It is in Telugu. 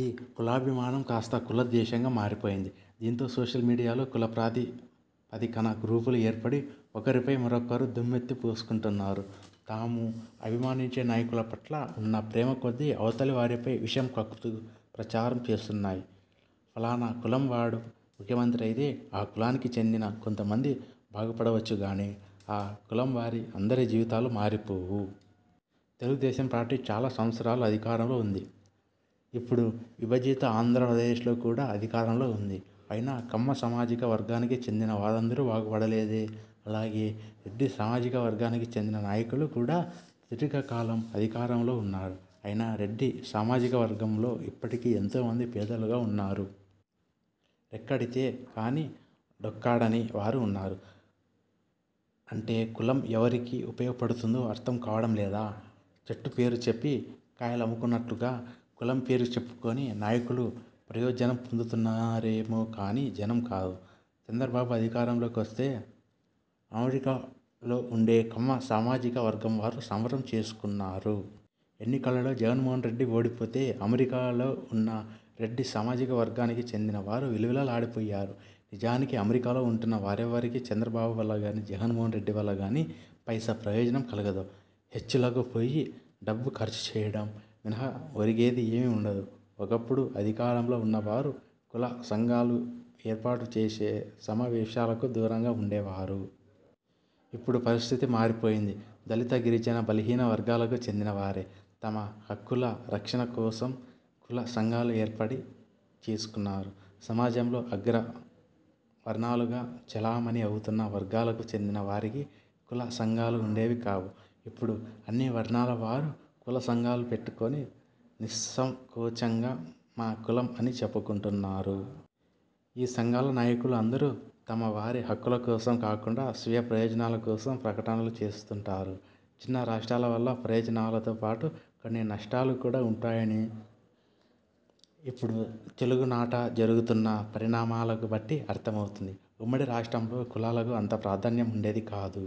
ఈ కులాభిమానం కాస్తా కులద్వేషంగా మారిపోయింది. దీంతో సోషల్ మీడియాలో కులప్రాతిపదికన గ్రూపులు ఏర్పడి ఒకరిపై మరొకరు దుమ్మెత్తి పోసుకుంటున్నారు. తాము అభిమానించే నాయకుల పట్ల ఉన్న ప్రేమకొద్దీ అవతలి వారిపై విషం కక్కుతూ ప్రచారం చేస్తున్నారు. ఫలానా కులంవాడు ముఖ్యమంత్రి అయితే ఆ కులానికి చెందిన కొంతమంది బాగుపడవచ్చునుగానీ, ఆ కులంవారి అందరి జీవితాలు మారిపోవు. తెలుగుదేశం పార్టీ చాలా సంవత్సరాలు అధికారంలో ఉంది. ఇప్పుడు విభజిత ఆంధ్రప్రదేశ్లో కూడా అధికారంలో ఉంది. అయినా కమ్మ సామాజిక వర్గానికి చెందిన వారందరూ బాగుపడలేదే? అలాగే రెడ్డి సామాజికవర్గానికి చెందిన నాయకులు కూడా సుదీర్ఘకాలం అధికారంలో ఉన్నారు. అయినా రెడ్డి సామాజికవర్గంలో ఇప్పటికీ ఎంతోమంది పేదలుగా ఉన్నారు. రెక్కాడితే కాని డొక్కాడని వారు ఉన్నారు. అంటే కులం ఎవరికి ఉపయోగపడుతుందో అర్థంకావడం లేదా? చెట్టు పేరు చెప్పి కాయలమ్ముకున్నట్టుగా కులం పేరు చెప్పుకొని నాయకులు ప్రయోజనం పొందుతారేకానీ జనం కాదు. చంద్రబాబు అధికారంలోకి వస్తే అమెరికాలో ఉండే కమ్మ సామాజిక వర్గంవారు సంబరం చేసుకున్నారు. ఎన్నికలలో జగన్మోహన్రెడ్డి ఓడిపోతే అమెరికాలో ఉన్న రెడ్డి సామాజికవర్గానికి చెందినవారు విలవిలలాడిపోయారు. నిజానికి అమెరికాలో ఉంటున్న వారెవ్వరికీ చంద్రబాబు వల్లగానీ, జగన్మోహన్రెడ్డి వల్లగానీ పైసా ప్రయోజనం కలగదు. హెచ్చులకు పోయి డబ్బు ఖర్చుచేయడం మినహా ఒరిగేది ఏమీ ఉండదు. ఒకప్పుడు అధికారంలో ఉన్నవారు కులసంఘాలు ఏర్పాటు చేసే సమావేశాలకు దూరంగా ఉండేవారు. ఇప్పుడు పరిస్థితి మారిపోయింది. దళిత, గిరిజన, బలహీన వర్గాలకు చెందినవారే తమ హక్కుల రక్షణ కోసం కుల సంఘాలు ఏర్పాటు చేసుకునేవారు. సమాజంలో అగ్రవర్ణాలుగా చెలామణి అవుతున్న వర్గాలకు చెందిన వారికి కులసంఘాలు ఉండేవి కావు. ఇప్పుడు అన్ని వర్ణాల వారూ కులసంఘాలు పెట్టుకుని నిస్సంకోచంగా 'మా కులం' అని చెప్పుకొంటున్నారు. ఈ సంఘాల నాయకులు అందరూ తమవారి హక్కుల కోసం కాకుండా స్వీయ ప్రయోజనాల కోసం ప్రకటనలు చేస్తుంటారు. చిన్న రాష్ర్టాల వల్ల ప్రయోజనాలతోపాటు కొన్ని నష్టాలు కూడా ఉంటాయని ఇప్పుడు తెలుగునాట జరుగుతున్న పరిణామాలను బట్టి అర్థమవుతుంది. ఉమ్మడి రాష్ట్రంలో కులాలకు అంత ప్రాధాన్యం ఉండేది కాదు.